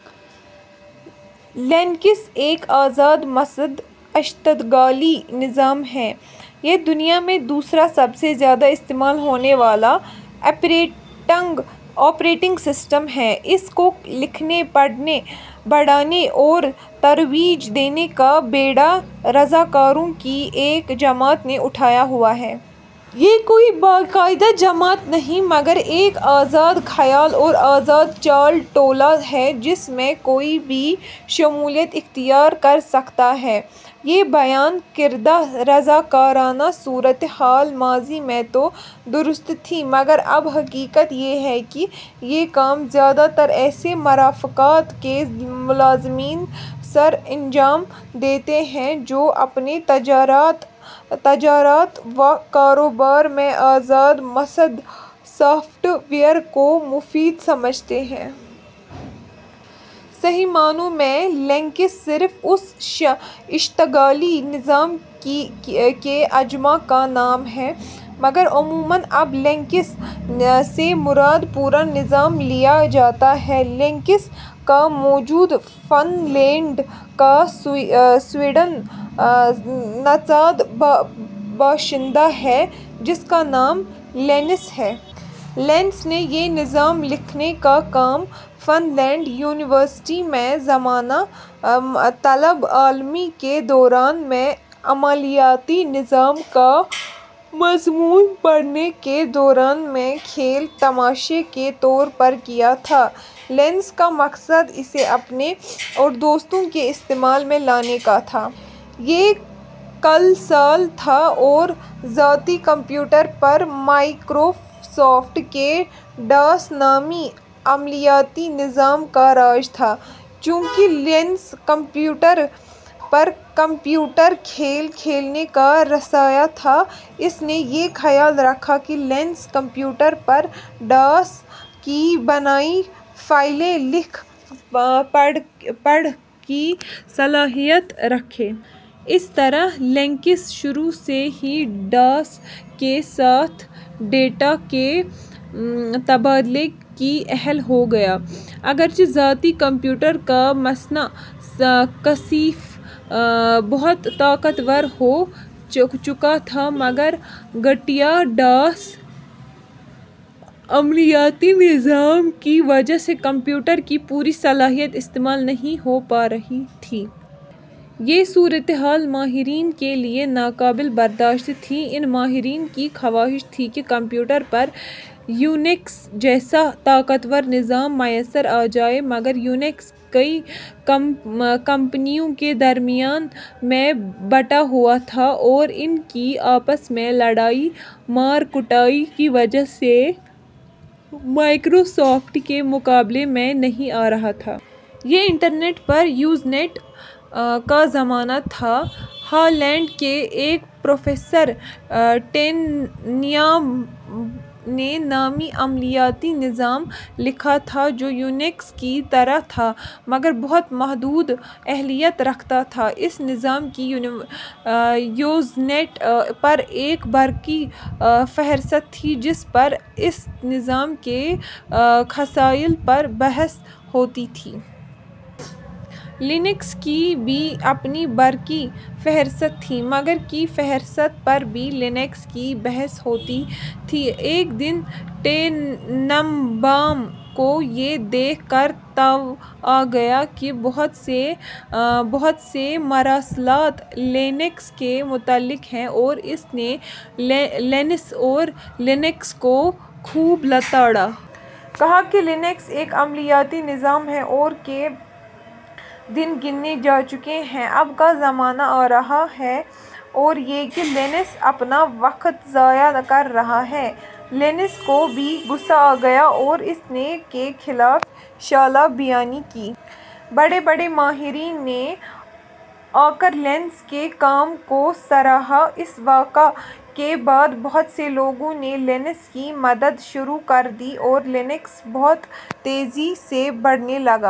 Linux ایک آزاد مصدر اشتغالی نظام ہے۔ یہ دُنیا میں دوسرا سب سے زیادہ استعمال ہونے والا آپریٹنگ سسٹم ہے۔ اس کو لکھنے، بڑھانے اور ترویج دینے کا بیڑا رضاکاروں کی ایک جماعت نے اٹھایا ہوا ہے۔ یہ کوئی باقاعدہ جماعت نہیں مگر ایک آزاد خیال اور آزاد چال ٹولہ ہے جس میں کوئی بھی شمولیت اختیار کر سکتا ہے۔ یہ بیان کردہ رضاکارانہ صورتِ حال ماضی میں تو درست تھی مگر اب حقیقت یہ ہے کہ یہ کام زیادہ تر ایسے مرافقات کے ملازمین سر انجام دیتے ہیں جو اپنے تجارت و کاروبار میں آزاد مصدر سافٹ ویئر کو مفید سمجھتے ہیں۔ صحیح معنوں میں لینکس صرف اُس اشتغالی نظام کے عجمہ کا نام ہے۔ مگر عموماً اب "لینکس" سے مراد پورا نظام لیا جاتا ہے۔ لینکس کا موجد فنلینڈ کا سویڈن نژاد باشندہ ہے، جس کا نام لینس ہے۔ لینس نے یہ نظام لکھنے کا کام فنلینڈ یونیوسٹی میں زمانہ طالب علمی کے دوران میں عملیاتی نظام کا مضمون پڑھنے کے دوران میں کھیل تماشے کے طور پر کیا تھا۔ لینس کا مقصد اسے اپنے اور دوستوں کے استعمال میں لانے کا تھا۔ یہ کا سال تھا اور ذاتی کمپیوٹر پر مائکروسافٹ کے ڈاس نامی عملیاتی نظام کا راج تھا۔ چونکہ لینس کمپوٹر پر کمپیوٹر کھیل کھیلنے کا رسیا تھا اس نے یہ خیال رکھا کہ لینکس کمپیوٹر پر "ڈاس" کی بنائی فائلیں لکھ پڑھ کی صلاحیت رکھے۔ اس طرح لینکس شروع سے ہی "ڈاس" کے ساتھ ڈیٹا کے تبادلہ کی اہل ہو گیا۔ اگرچہ ذاتی کمپیوٹر کا مصنع کثیف بہت طاقتور ہو چکا تھا مگر گھٹیا "ڈاس" عملیاتی نظام کی وجہ سے کمپیوٹر کی پوری صلاحیت استعمال نہیں ہو پا رہی تھی۔ یہ صورت حال ماہرین کے لیے ناقابل برداشت تھی۔ ان ماہرین کی خواہش تھی کہ کمپوٹر پر یونکس جیسا طاقتور نظام میسر آ جائے۔ مگر یونکس کئی کمپنیوں کے درمیان میں بٹا ہوا تھا اور ان کی آپس میں لڑائی مار کٹائی کی وجہ سے مائکروسافٹ کے مقابلے میں نہیں آ رہا تھا۔ یہ انٹرنیٹ پر یوزنیٹ کا زمانہ تھا۔ ہالینڈ کے ایک پروفیسر ٹیننبام نے نامی عملیاتی نظام لکھا تھا جو یونکس کی طرح تھا مگر بہت محدود اہلیت رکھتا تھا۔ اس نظام کی یوزنیٹ پر ایک برقی فہرست تھی جس پر اس نظام کے خصائل پر بحث ہوتی تھی۔ لینکس کی بھی اپنی برقی فہرست تھی مگر کی فہرست پر بھی لینکس کی بحث ہوتی تھی۔ ایک دن ٹیننبام کو یہ دیکھ کر تاؤ آ گیا کہ بہت سے مراسلات لینکس کے متعلق ہیں اور اس نے لینس اور لینکس کو خوب لتاڑا۔ کہا کہ لینکس ایک عملیاتی نظام ہے اور کے دن گنے جا چکے ہیں۔ اب کا زمانہ آ رہا ہے اور یہ کہ لینس اپنا وقت ضائع کر رہا ہے۔ لینس کو بھی غصہ آ گیا اور اس نے کے خلاف شعلہ بیانی کی۔ بڑے بڑے ماہرین نے آ کر لینس کے کام کو سراہا۔ اس واقعہ کے بعد بہت سے لوگوں نے لینس کی مدد شروع کر دی اور لینکس بہت تیزی سے بڑھنے لگا۔